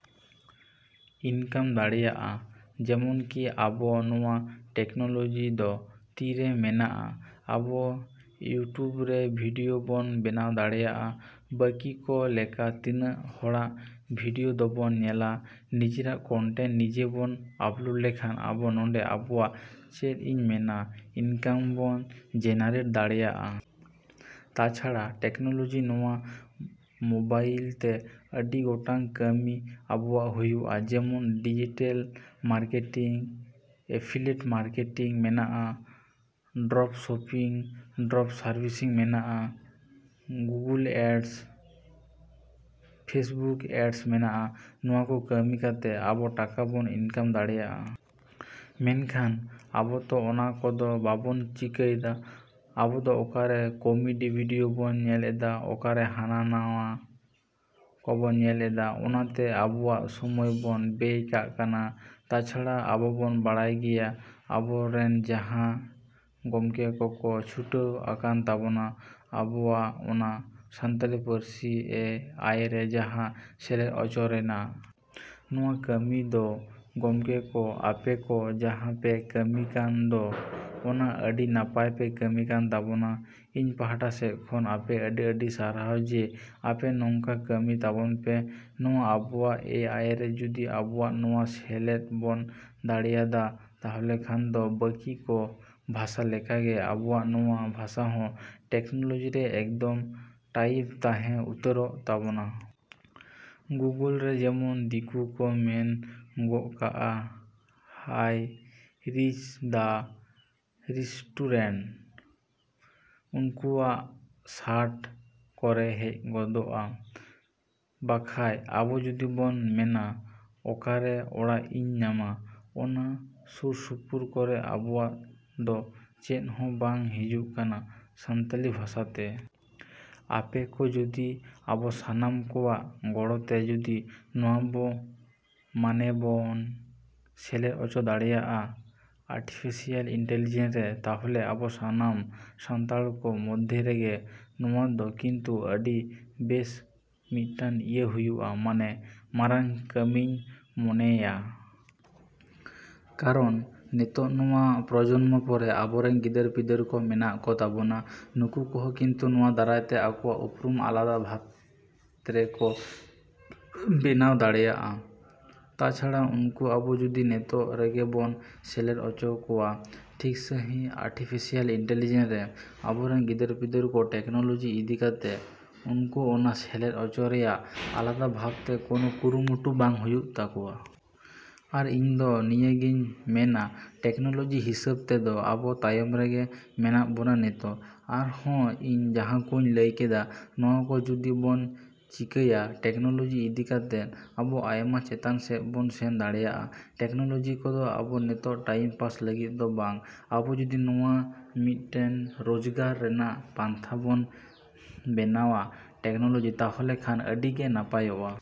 ‎ᱤᱱᱠᱟᱢ ᱫᱟᱲᱮᱭᱟᱜᱼᱟ᱾ ᱡᱮᱢᱚᱱᱠᱤ ᱟᱵᱚ ᱱᱚᱣᱟ ᱴᱮᱠᱱᱳᱞᱚᱡᱤ ᱫᱚ ᱛᱤᱨᱮ ᱢᱮᱱᱟᱜᱼᱟ, ᱟᱵᱚ ᱤᱭᱩᱴᱤᱭᱩᱵᱽ ᱨᱮ ᱵᱷᱤᱰᱭᱳ ᱵᱚᱱ ᱵᱮᱱᱟᱣ ᱫᱟᱲᱮᱭᱟᱜᱼᱟ᱾ ᱵᱟᱹᱠᱤ ᱠᱚ ᱞᱮᱠᱟ ᱛᱤᱱᱟᱹᱜ ᱦᱚᱲᱟᱜ ᱵᱷᱤᱰᱭᱳ ᱫᱚᱵᱚᱱ ᱧᱮᱞᱟ, ᱱᱤᱡᱮᱨᱟᱜ ᱠᱚᱱᱴᱮᱱᱴ ᱱᱤᱡᱮ ᱵᱚᱱ ᱟᱯᱞᱳᱰ ᱞᱮᱠᱷᱟᱱ ᱟᱵᱚ ᱱᱚᱸᱰᱮ ᱟᱵᱚᱣᱟᱜ ᱪᱮᱫ ᱤᱧ ᱢᱮᱱᱟ ᱤᱱᱠᱟᱢ ᱵᱚᱱ ᱡᱮᱱᱟᱨᱮᱴ ᱫᱟᱲᱮᱭᱟᱜᱼᱟ᱾ ᱛᱟᱪᱷᱟᱲᱟ ᱴᱮᱠᱱᱳᱞᱚᱡᱤ ᱱᱚᱣᱟ ᱢᱳᱵᱟᱭᱤᱞᱛᱮ ᱟᱹᱰᱤ ᱜᱚᱴᱟᱝ ᱠᱟᱹᱢᱤ ᱟᱵᱚᱣᱟᱜ ᱦᱩᱭᱩᱜᱼᱟ᱾ ᱡᱮᱢᱚᱱ ᱰᱤᱡᱤᱴᱮᱞ ᱢᱟᱨᱠᱮᱴᱤᱝ, ᱮᱯᱷᱤᱞᱮᱴ ᱢᱟᱨᱠᱮᱴᱤᱝ ᱢᱮᱱᱟᱜᱼᱟ, ᱰᱨᱚᱯ ᱥᱚᱯᱤᱝ, ᱰᱨᱚᱯ ᱥᱟᱨᱵᱷᱤᱥᱤᱝ ᱢᱮᱱᱟᱜᱼᱟ, ᱜᱩᱜᱩᱞ ᱮᱰᱥ, ᱯᱷᱮᱥᱵᱩᱠ ᱮᱰᱥ ᱢᱮᱱᱟᱜᱼᱟ᱾ ᱱᱚᱣᱟᱠᱚ ᱠᱟᱹᱢᱤ ᱠᱟᱛᱮᱫ ᱟᱵᱚ ᱴᱟᱠᱟ ᱵᱚᱱ ᱤᱱᱠᱟᱢ ᱫᱟᱲᱮᱭᱟᱜᱼᱟ᱾ ᱢᱮᱱᱠᱷᱟᱱ ᱟᱵᱚ ᱛᱚ ᱚᱱᱟ ᱠᱚᱫᱚ ᱵᱟᱵᱚᱱ ᱪᱤᱠᱟᱹᱭᱫᱟ᱾ ᱟᱵᱚᱫᱚ ᱚᱠᱟᱨᱮ ᱠᱚᱢᱮᱰᱤ ᱵᱷᱤᱰᱭᱳ ᱵᱚᱱ ᱧᱮᱞ ᱮᱫᱟ, ᱚᱠᱟᱨᱮ ᱦᱟᱱᱟ ᱱᱚᱣᱟ ᱠᱚᱵᱚᱱ ᱧᱮᱞ ᱮᱫᱟ, ᱚᱱᱟᱛᱮ ᱟᱵᱚᱣᱟᱜ ᱥᱚᱢᱚᱭ ᱵᱚᱱ ᱵᱮᱭ ᱠᱟᱜ ᱠᱟᱱᱟ᱾ ᱛᱟᱪᱷᱟᱲᱟ ᱟᱵᱚᱵᱚᱱ ᱵᱟᱲᱟᱭ ᱜᱮᱭᱟ ᱟᱵᱚ ᱨᱮᱱ ᱡᱟᱦᱟᱸ ᱜᱚᱢᱠᱮ ᱠᱚᱠᱚ ᱪᱷᱩᱴᱟᱹᱣ ᱟᱠᱟᱱ ᱛᱟᱵᱚᱱᱟ ᱟᱵᱚᱣᱟᱜ ᱚᱱᱟ ᱥᱟᱱᱛᱟᱲᱤ ᱯᱟᱹᱨᱥᱤ ᱮ ᱟᱭ ᱨᱮ ᱡᱟᱦᱟᱸ ᱥᱮᱞᱮᱫ ᱦᱚᱪᱚ ᱨᱮᱱᱟᱜ᱾ ᱱᱚᱣᱟ ᱠᱟᱹᱢᱤ ᱫᱚ ᱜᱚᱢᱠᱮ ᱠᱚ ᱟᱯᱮ ᱠᱚ ᱡᱟᱦᱟᱸ ᱯᱮ ᱠᱟᱹᱢᱤ ᱠᱟᱱ ᱫᱚ ᱚᱱᱟ ᱟᱹᱰᱤ ᱱᱟᱯᱟᱭ ᱯᱮ ᱠᱟᱹᱢᱤ ᱠᱟᱱ ᱛᱟᱵᱚᱱᱟ᱾ ᱤᱧ ᱯᱟᱦᱟᱴᱟ ᱥᱮᱫ ᱠᱷᱚᱱ ᱟᱯᱮ ᱟᱹᱰᱤᱼᱟᱹᱰᱤ ᱥᱟᱨᱦᱟᱣ ᱡᱮ ᱟᱯᱮ ᱱᱚᱝᱠᱟ ᱠᱟᱹᱢᱤ ᱛᱟᱵᱚᱱ ᱯᱮ᱾ ᱱᱚᱣᱟ ᱟᱵᱚᱣᱟᱜ ᱮ ᱟᱭ ᱨᱮ ᱡᱩᱫᱤ ᱟᱵᱚᱣᱟᱜ ᱱᱚᱣᱟ ᱥᱮᱞᱮᱫ ᱵᱚᱱ ᱫᱟᱲᱮᱭᱟᱫᱟ, ᱛᱟᱦᱚᱞᱮ ᱠᱷᱟᱱ ᱫᱚ ᱵᱟᱹᱠᱤ ᱠᱚ ᱵᱷᱟᱥᱟ ᱞᱮᱠᱟᱜᱮ ᱟᱵᱚᱣᱟᱜ ᱱᱚᱣᱟ ᱵᱷᱟᱥᱟ ᱦᱚᱸ ᱴᱮᱠᱱᱳᱞᱚᱡᱤ ᱨᱮ ᱮᱠᱫᱚᱢ ᱴᱟᱭᱤᱯᱷ ᱛᱟᱦᱮᱸ ᱩᱛᱟᱹᱨᱚᱜ ᱛᱟᱵᱳᱱᱟ᱾ ᱜᱩᱜᱳᱞ ᱨᱮ ᱡᱮᱢᱚᱱ ᱫᱤᱠᱩ ᱠᱚ ᱢᱮᱱ ᱜᱚᱜ ᱠᱟᱜᱼᱟ 'ᱦᱟᱭ ᱨᱤᱪ ᱫᱟ ᱨᱮᱥᱴᱩᱨᱮᱱᱴ', ᱩᱱᱠᱩᱣᱟᱜ ᱥᱟᱴ ᱠᱚᱨᱮ ᱦᱮᱡ ᱜᱚᱫᱚᱜᱼᱟ᱾ ᱵᱟᱠᱷᱟᱡ ᱟᱵᱚ ᱡᱩᱫᱤ ᱵᱚᱱ ᱢᱮᱱᱟ 'ᱚᱠᱟᱨᱮ ᱚᱲᱟᱜ ᱤᱧ ᱧᱟᱢᱟ' ᱚᱱᱟ ᱥᱩᱨ ᱥᱩᱯᱩᱨ ᱠᱚᱨᱮᱫ ᱟᱵᱚᱣᱟᱜ ᱫᱚ ᱪᱮᱫ ᱦᱚᱸ ᱵᱟᱝ ᱦᱤᱡᱩᱜ ᱠᱟᱱᱟ ᱥᱟᱱᱛᱟᱞᱤ ᱵᱷᱟᱥᱟᱛᱮ᱾ ᱟᱯᱮ ᱠᱚ ᱡᱩᱫᱤ ᱟᱵᱚ ᱥᱟᱱᱟᱢ ᱠᱚᱣᱟᱜ ᱜᱚᱲᱚᱛᱮ ᱡᱩᱫᱤ ᱱᱚᱣᱟᱵᱚᱱ ᱢᱟᱱᱮ ᱵᱚᱱ ᱥᱮᱞᱮᱫ ᱦᱚᱪᱚ ᱫᱟᱲᱮᱭᱟᱜᱼᱟ ᱟᱨᱴᱤᱯᱷᱮᱥᱤᱭᱟᱞ ᱤᱱᱴᱤᱞᱤᱡᱮᱱ ᱨᱮ, ᱛᱟᱦᱚᱞᱮ ᱟᱵᱚ ᱥᱟᱱᱟᱢ ᱥᱟᱱᱛᱟᱲ ᱠᱚ ᱢᱚᱫᱽᱫᱷᱮ ᱨᱮᱜᱮ ᱱᱚᱣᱟᱫᱚ ᱠᱤᱱᱛᱩ ᱟᱹᱰᱤ ᱵᱮᱥ ᱢᱤᱫᱴᱟᱱ ᱤᱭᱟᱹ ᱦᱩᱭᱩᱜᱼᱟ, ᱢᱟᱱᱮ ᱢᱟᱨᱟᱝ ᱠᱟᱹᱢᱤᱧ ᱢᱚᱱᱮᱭᱟ᱾ ᱠᱟᱨᱚᱱ ᱱᱤᱛᱚᱜ ᱱᱚᱣᱟ ᱯᱨᱚᱡᱚᱱᱢᱚ ᱯᱚᱨᱮ ᱟᱵᱚᱨᱮᱱ ᱜᱤᱫᱟᱹᱨᱼᱯᱤᱫᱟᱹᱨ ᱠᱚ ᱢᱮᱱᱟᱜ ᱠᱚ ᱛᱟᱵᱚᱱᱟ, ᱱᱩᱠᱩ ᱠᱚᱦᱚᱸ ᱠᱤᱱᱛᱩ ᱱᱚᱣᱟ ᱫᱟᱨᱟᱭᱛᱮ ᱟᱠᱚᱣᱟᱜ ᱩᱯᱨᱩᱢ ᱟᱞᱟᱫᱟ ᱵᱷᱟᱵᱽ ᱛᱨᱮᱠᱚ ᱵᱮᱱᱟᱣ ᱫᱟᱲᱮᱭᱟᱜᱼᱟ᱾ ᱛᱟᱪᱷᱟᱲᱟ ᱩᱱᱠᱩ ᱟᱵᱚ ᱡᱩᱫᱤ ᱱᱤᱛᱚᱜ ᱨᱮᱜᱮ ᱵᱚᱱ ᱥᱮᱞᱮᱫ ᱦᱚᱪᱚ ᱠᱚᱣᱟ ᱴᱷᱤᱠ ᱥᱟᱺᱦᱤᱡ ᱟᱨᱴᱷᱤᱯᱷᱤᱥᱤᱭᱮᱞ ᱤᱱᱴᱤᱞᱤᱡᱮᱱᱥ ᱨᱮ, ᱟᱵᱚ ᱨᱮᱱ ᱜᱤᱫᱟᱹᱨᱼᱯᱤᱫᱟᱹᱨ ᱠᱚ ᱴᱮᱠᱱᱚᱞᱚᱡᱤ ᱤᱫᱤ ᱠᱟᱛᱮᱜ ᱩᱱᱠᱩ ᱚᱱᱟ ᱥᱮᱞᱮᱫ ᱦᱚᱪᱚ ᱨᱮᱱᱟᱜ ᱟᱞᱟᱫᱟ ᱵᱷᱟᱵᱽ ᱛᱮ ᱠᱳᱱᱳ ᱠᱩᱨᱩᱢᱩᱴᱩ ᱵᱟᱝ ᱦᱩᱭᱩᱜ ᱛᱟᱠᱚᱣᱟ᱾ ᱟᱨ ᱤᱧᱫᱚ ᱱᱤᱭᱟᱹᱜᱤᱧ ᱢᱮᱱᱟ ᱴᱮᱠᱱᱚᱞᱚᱡᱤ ᱦᱤᱥᱟᱹᱵ ᱛᱮᱫᱚ ᱟᱵᱚ ᱛᱟᱭᱚᱢ ᱨᱮᱜᱮ ᱢᱮᱱᱟᱜ ᱵᱚᱱᱟ ᱱᱤᱛᱚᱜ᱾ ᱟᱨᱦᱚᱸ ᱤᱧ ᱡᱟᱦᱟᱸᱠᱚᱧ ᱞᱟᱹᱭ ᱠᱮᱫᱟ, ᱱᱚᱣᱟᱠᱚ ᱡᱩᱫᱤ ᱵᱚᱱ ᱪᱤᱠᱟᱹᱭᱟ ᱴᱮᱠᱱᱳᱞᱚᱡᱤ ᱤᱫᱤ ᱠᱟᱛᱮᱫ ᱟᱵᱚ ᱟᱭᱢᱟ ᱪᱮᱛᱟᱱ ᱥᱮᱫ ᱵᱚᱱ ᱥᱮᱱ ᱫᱟᱲᱮᱭᱟᱜᱼᱟ᱾ ᱴᱮᱠᱱᱳᱞᱚᱡᱤ ᱠᱚᱫᱚ ᱟᱵᱚ ᱱᱤᱛᱚᱜ ᱴᱟᱭᱤᱢ ᱯᱟᱥ ᱞᱟᱹᱜᱤᱫ ᱫᱚ ᱵᱟᱝ, ᱟᱵᱚ ᱡᱩᱫᱤ ᱱᱚᱣᱟ ᱢᱤᱫᱴᱟᱱ ᱨᱳᱡᱽᱜᱟᱨ ᱨᱮᱱᱟᱜ ᱯᱚᱱᱛᱷᱟ ᱵᱚᱱ ᱵᱮᱱᱟᱣᱟ ᱴᱮᱠᱱᱳᱞᱚᱡᱤ, ᱛᱟᱦᱚᱞᱮ ᱠᱷᱟᱱ ᱟᱹᱰᱤᱜᱮ ᱱᱟᱯᱟᱭᱚᱜᱼᱟ।